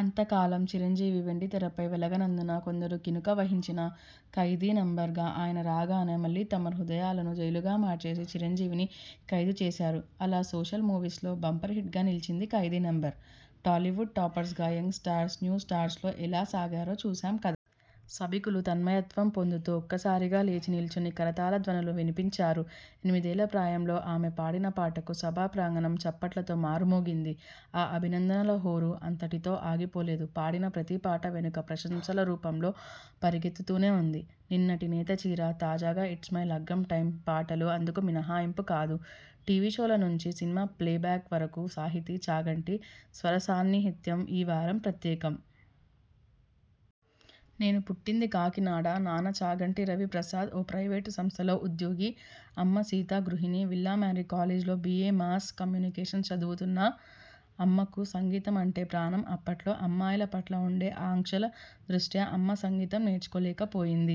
అంత కాలం చిరంజీవి వెండితెరపై వెలగనందున కొందరు కినుక వహించినా, 'ఖైదీ నంబర్ 'గా ఆయన రాగానే మళ్ళీ తమ హృదయాలను జైళ్ళుగా మార్చేసి, చిరంజీవిని ఖైదు చేశారు. అలా సోషల్ మూవీస్లో బంపర్ హిట్గా నిలచింది 'Khaidi number '. Tollywood top stars, young stars, new stars లో ఎలా సాగారో చూశాం కదా. సభికులు తన్మయత్వం పొందుతూ ఒక్కసారిగా లేచి నిలుచుని కరతాళధ్వనులు వినిపించారు. ఎనిమిదేళ్ల ప్రాయంలో ఆమె పాడిన పాటకు సభా ప్రాంగణం చప్పట్లతో మారుమోగింది. ఆ అభినందనల హోరు అంతటితో ఆగిపోలేదు. పాడిన ప్రతిపాట వెనుకా ప్రశంసల రూపంలో పరిగెత్తుతూనే ఉంది. నిన్నటి 'నేతచీర ', తాజాగా 'ఇట్స్ మై లగ్గం టైమ్' పాటలూ అందుకు మినహాయింపు కాదు టీవీ షోల నుంచి సినిమా ప్లేబ్యాక్ వరకు సాహితీ చాగంటి స్వరసాన్నిహిత్యం ఈవారం ప్రత్యేకం. నేను పుట్టింది కాకినాడ. నాన్న చాగంటి రవి ప్రసాద్, ఓ ప్రైవేట్ సంస్థలో ఉద్యోగి. అమ్మ సీత గృహిణి. విల్లామారీ కాలేజ్లో బి. ఏ మాస్ కమ్యూనికేషన్స్ చదువుతున్నా. అమ్మకు సంగీతం అంటే ప్రాణం. అప్పట్లో అమ్మాయిల పట్ల ఉండే ఆంక్షల దృష్ట్యా అమ్మ సంగీతం నేర్చుకోలేకపోయింది.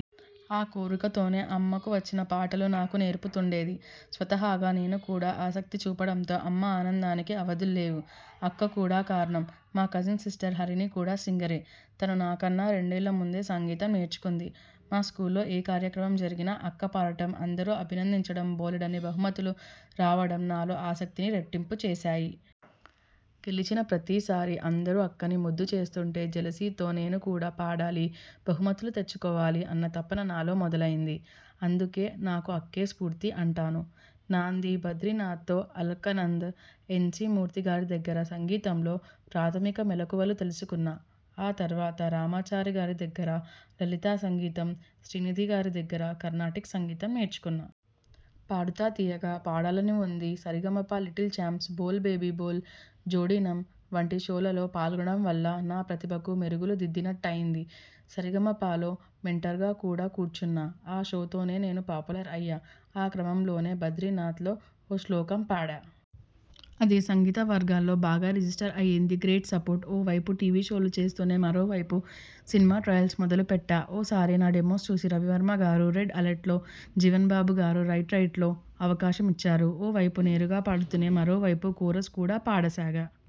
ఆ కోరికతోనే, అమ్మకు వచ్చిన పాటలు నాకు నేర్పుతుండేది. స్వతహాగా నేను కూడా ఆసక్తి చూపడంతో అమ్మ ఆనందానికి అవధుల్లేవు. అక్క కూడా కారణం మా కజిన్ సిస్టర్ హరిణి కూడా సింగరే. తను నాకన్నా రెండేళ్ల ముందే సంగీతం నేర్చుకుంది. మా స్కూల్లో ఏ కార్యక్రమం జరిగినా అక్క పాడటం, అందరూ అభినందించడం, బోలెడన్ని బహుమతులు రావడం నాలో ఆసక్తిని రెట్టింపు చేశాయి. గెలిచిన ప్రతిసారీ అందరూ అక్కని ముద్దు చేస్తుంటే జెలసీతో 'నేను కూడా పాడాలి బహుమతులు తెచ్చుకోవాలి' అన్న తపన నాలో మొదలైంది. అందుకే నాకు అక్కే స్ఫూర్తి అంటాను. నాంది 'బద్రినాథ్'తో! అలక్నంద్, ఎన్. సి. మూర్తిగారి దగ్గర సంగీతంలో ప్రాథమిక మెలకువలు తెలుసుకున్నా. ఆ తర్వాత రామాచారిగారి దగ్గర లలిత సంగీతం, శ్రీనిధిగారి దగ్గర కర్ణాటిక్ సంగీతం నేర్చుకున్నా. 'Paadutha Theeyaga', 'Paadalani Undi', 'Sa Re Ga Ma Pa little champs', 'Bol baby Bol', 'Jodi నం. ' వంటి షోలలో పాల్గొనడం వల్ల నా ప్రతిభకు మెరుగులు దిద్దినట్టయింది. 'సరిగమప'లో మెంటర్గా కూడా కూర్చొన్నా. ఆ షోతోనే నేను పాపులర్ అయ్యా. ఆ క్రమంలోనే 'బద్రినాథ్'లో ఓ శ్లోకం పాడా. అది సంగీతవర్గాల్లో బాగా రిజిస్టర్ అయింది. Great support! ఓ వైపు టీవీ షోలు చేస్తూనే, మరోవైపు సినిమా ట్రయల్స్ మొదలుపెట్టా. ఓ సారి నా డెమోస్ చూసి రవివర్మగారు 'రెడ్ ఎలర్ట్'లో, జీవన్బాబుగారు 'రైట్ రైట్'లో అవకాశమిచ్చారు. ఓ వైపు నేరుగా పాడుతూనే, మరోవైపు కోరస్ కూడా పాడసాగా.